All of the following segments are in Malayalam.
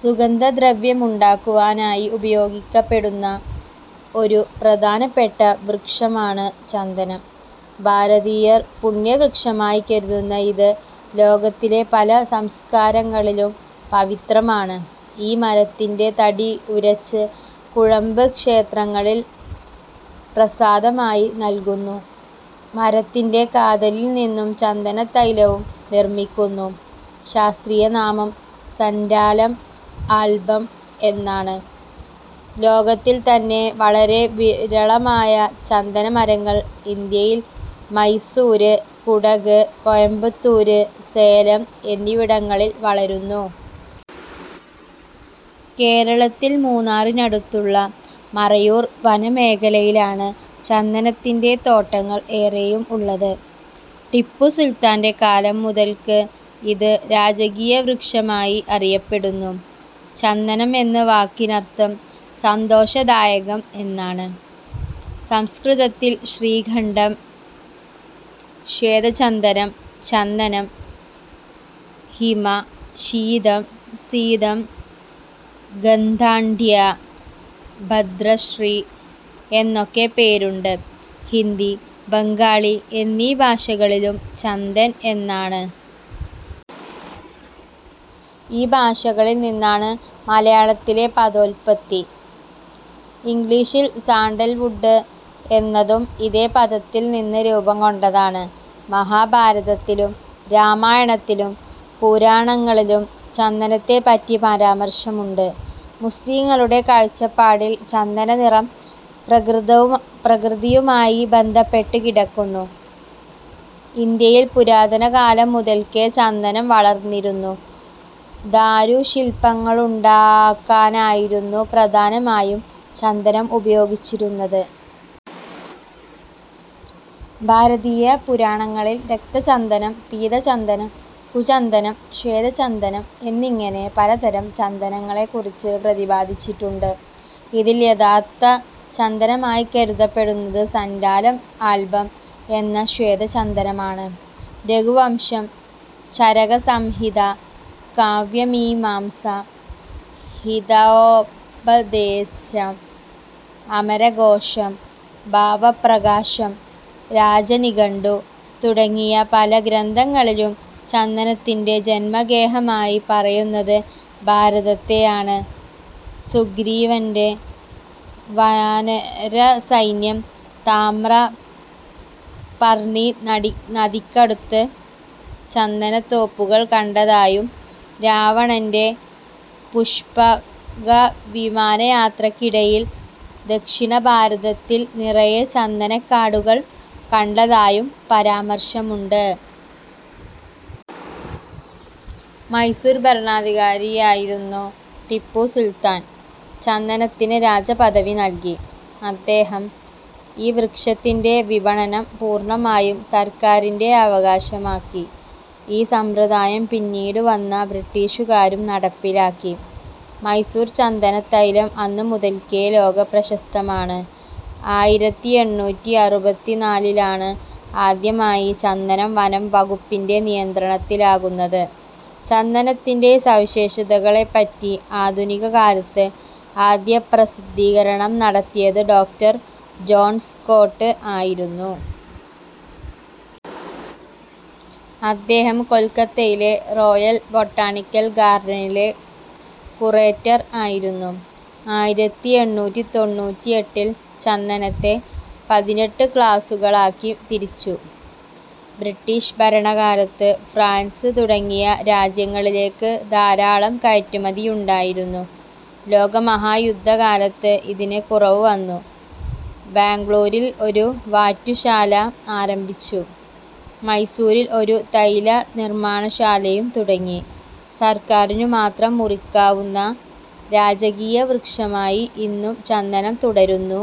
സുഗന്ധദ്രവ്യമുണ്ടാക്കുവാനായി ഉപയോഗിക്കപ്പെടുന്ന ഒരു പ്രധാനപ്പെട്ട വൃക്ഷമാണ് ചന്ദനം. ഭാരതീയർ പുണ്യവൃക്ഷമായി കരുതുന്ന ഇത്, ലോകത്തിലെ പല സംസ്കാരങ്ങളിലും പവിത്രമാണ്. ഈ മരത്തിന്റെ തടി ഉരച്ച് കുഴമ്പ് ക്ഷേത്രങ്ങളിൽ പ്രസാദമായി നൽകുന്നു. മരത്തിന്റെ കാതലിൽ നിന്നും ചന്ദനത്തൈലവും നിർമ്മിക്കുന്നു. ശാസ്ത്രീയനാമം സന്റാലം ആൽബം എന്നാണ്. ലോകത്തിൽ തന്നെ വളരെ വിരളമായ ചന്ദനമരങ്ങൾ ഇന്ത്യയിൽ മൈസൂർ, കുടക്, കോയമ്പത്തൂർ, സേലം എന്നിവിടങ്ങളിൽ വളരുന്നു. കേരളത്തിൽ മൂന്നാറിനടുത്തുള്ള മറയൂർ വനമേഖലയിലാണ് ചന്ദനത്തിന്റെ തോട്ടങ്ങൾ ഏറെയും ഉള്ളത്. ടിപ്പുസുൽത്താന്റെ കാലം മുതൽക്ക് ഇത് രാജകീയവൃക്ഷമായി അറിയപ്പെടുന്നു. ചന്ദനം എന്ന വാക്കിനർത്ഥം സന്തോഷദായകം എന്നാണ്. സംസ്കൃതത്തിൽ ശ്രീഖണ്ഡം, ശ്വേതചന്ദനം, ചന്ദനം, ഹിമഃ, ശീതം, സീതം, ഗന്ധാഢ്യഃ, ഭദ്രശ്രീ എന്നൊക്കെ പേരുണ്ട്. ഹിന്ദി, ബംഗാളി എന്നീ ഭാഷകളിലും ചന്ദൻ എന്നാണ്. ഈ ഭാഷകളിൽ നിന്നാണ് മലയാളത്തിലെ പദോല്പത്തി. ഇംഗ്ലീഷിൽ സാൻഡൽ വുഡ് എന്നതും ഇതേ പദത്തിൽ നിന്ന് രൂപം കൊണ്ടതാണ്. മഹാഭാരതത്തിലും രാമായണത്തിലും പുരാണങ്ങളിലും ചന്ദനത്തെപ്പറ്റി പരാമർശമുണ്ട്. മുസ്ലീങ്ങളുടെ കാഴ്ചപ്പാടിൽ ചന്ദന നിറം പ്രകൃതിയുമായി ബന്ധപ്പെട്ട് കിടക്കുന്നു. ഇന്ത്യയിൽ പുരാതനകാലം മുതൽക്കേ ചന്ദനം വളർന്നിരുന്നു. ദാരുശില്പങ്ങളുണ്ടാക്കാനായിരുന്നു പ്രധാനമായും ചന്ദനം ഉപയോഗിച്ചിരുന്നത്. ഭരതീയപുരാണങ്ങളിൽ രക്തചന്ദനം, പീതചന്ദനം, കുചന്ദനം ,ശ്വേതചന്ദനം എന്നിങ്ങനെ പലതരം ചന്ദനങ്ങളെക്കുറിച്ച് പ്രതിപാദിച്ചിട്ടുണ്ട്. ഇതിൽ യഥാർത്ഥ ചന്ദനമായി കരുതപ്പെടുന്നത് സന്റാലം ആൽബം എന്ന ശ്വേത ചന്ദനമാണ്. രഘുവംശം, ചരകസംഹിത, കാവ്യമീമാംസ, ഹിതോപദേശം, അമരകോശം, ഭാവപ്രകാശം, രാജനിഘണ്ടു തുടങ്ങിയ പല ഗ്രന്ഥങ്ങളിലും ചന്ദനത്തിന്റെ ജന്മഗേഹമായി പറയുന്നത് ഭാരതത്തെയാണ്. സുഗ്രീവന്റെ വാനരസൈന്യം താമ്രപർണ്ണി നദിക്കടുത്ത് ചന്ദനത്തോപ്പുകൾ കണ്ടതായും രാവണന്റെ പുഷ്പകവിമാനയാത്രക്കിടയിൽ ദക്ഷിണഭാരതത്തിൽ നിറയെ ചന്ദനക്കാടുകൾ കണ്ടതായും പരാമർശമുണ്ട്. മൈസൂർ ഭരണാധികാരിയായിരുന്നു ടിപ്പുസുൽത്താൻ ചന്ദനത്തിന് രാജ പദവി നൽകി. അദ്ദേഹം ഈ വൃക്ഷത്തിന്റെ വിപണനം പൂർണ്ണമായും സർക്കാരിന്റെ അവകാശമാക്കി. ഈ സമ്പ്രദായം പിന്നീടുവന്ന ബ്രിട്ടീഷുകാരും നടപ്പിലാക്കി. മൈസൂർ ചന്ദനത്തൈലം അന്നുമുതൽക്കേ ലോകപ്രശസ്തമാണ്. ആയിരത്തിഎണ്ണൂറ്റിഅറുപത്തിനാലിലാണ് ആദ്യമായി ചന്ദനം വനം വകുപ്പിന്റെ നിയന്ത്രണത്തിലാകുന്നത്. ചന്ദനത്തിന്റെ സവിശേഷതകളെപ്പറ്റി ആധുനിക കാലത്ത് ആദ്യപ്രസിദ്ധീകരണം നടത്തിയത് ഡോക്ടർ ജോൺ സ്കോട്ട് ആയിരുന്നു. അദ്ദേഹം കൊൽക്കത്തയിലെ റോയൽ ബൊട്ടാണിക്കൽ ഗാർഡനിലെ കുറേറ്റർ ആയിരുന്നു. ആയിരത്തിഎണ്ണൂറ്റിതൊണ്ണൂറ്റിഎട്ടിൽ ചന്ദനത്തെ പതിനെട്ട് ക്ലാസുകളാക്കി തിരിച്ചു. ബ്രിട്ടീഷ് ഭരണകാലത്ത് ഫ്രാൻസ് തുടങ്ങിയ രാജ്യങ്ങളിലേക്ക് ധാരാളം കയറ്റുമതിയുണ്ടായിരുന്നു. ലോകമഹായുദ്ധകാലത്ത് ഇതിന് കുറവ് വന്നു. ബാംഗ്ലൂരിൽ ഒരു വാറ്റുശാല ആരംഭിച്ചു. മൈസൂറിൽ ഒരു തൈലനിർമ്മാണശാലയും തുടങ്ങി. സർക്കാരിനുമാത്രം മുറിക്കാവുന്ന രാജകീയവൃക്ഷമായി ഇന്നും ചന്ദനം തുടരുന്നു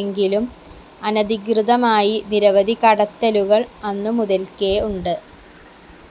എങ്കിലും അനധികൃതമായി നിരവധി കടത്തലുകൾ അന്നുമുതൽക്കേ ഉണ്ട്.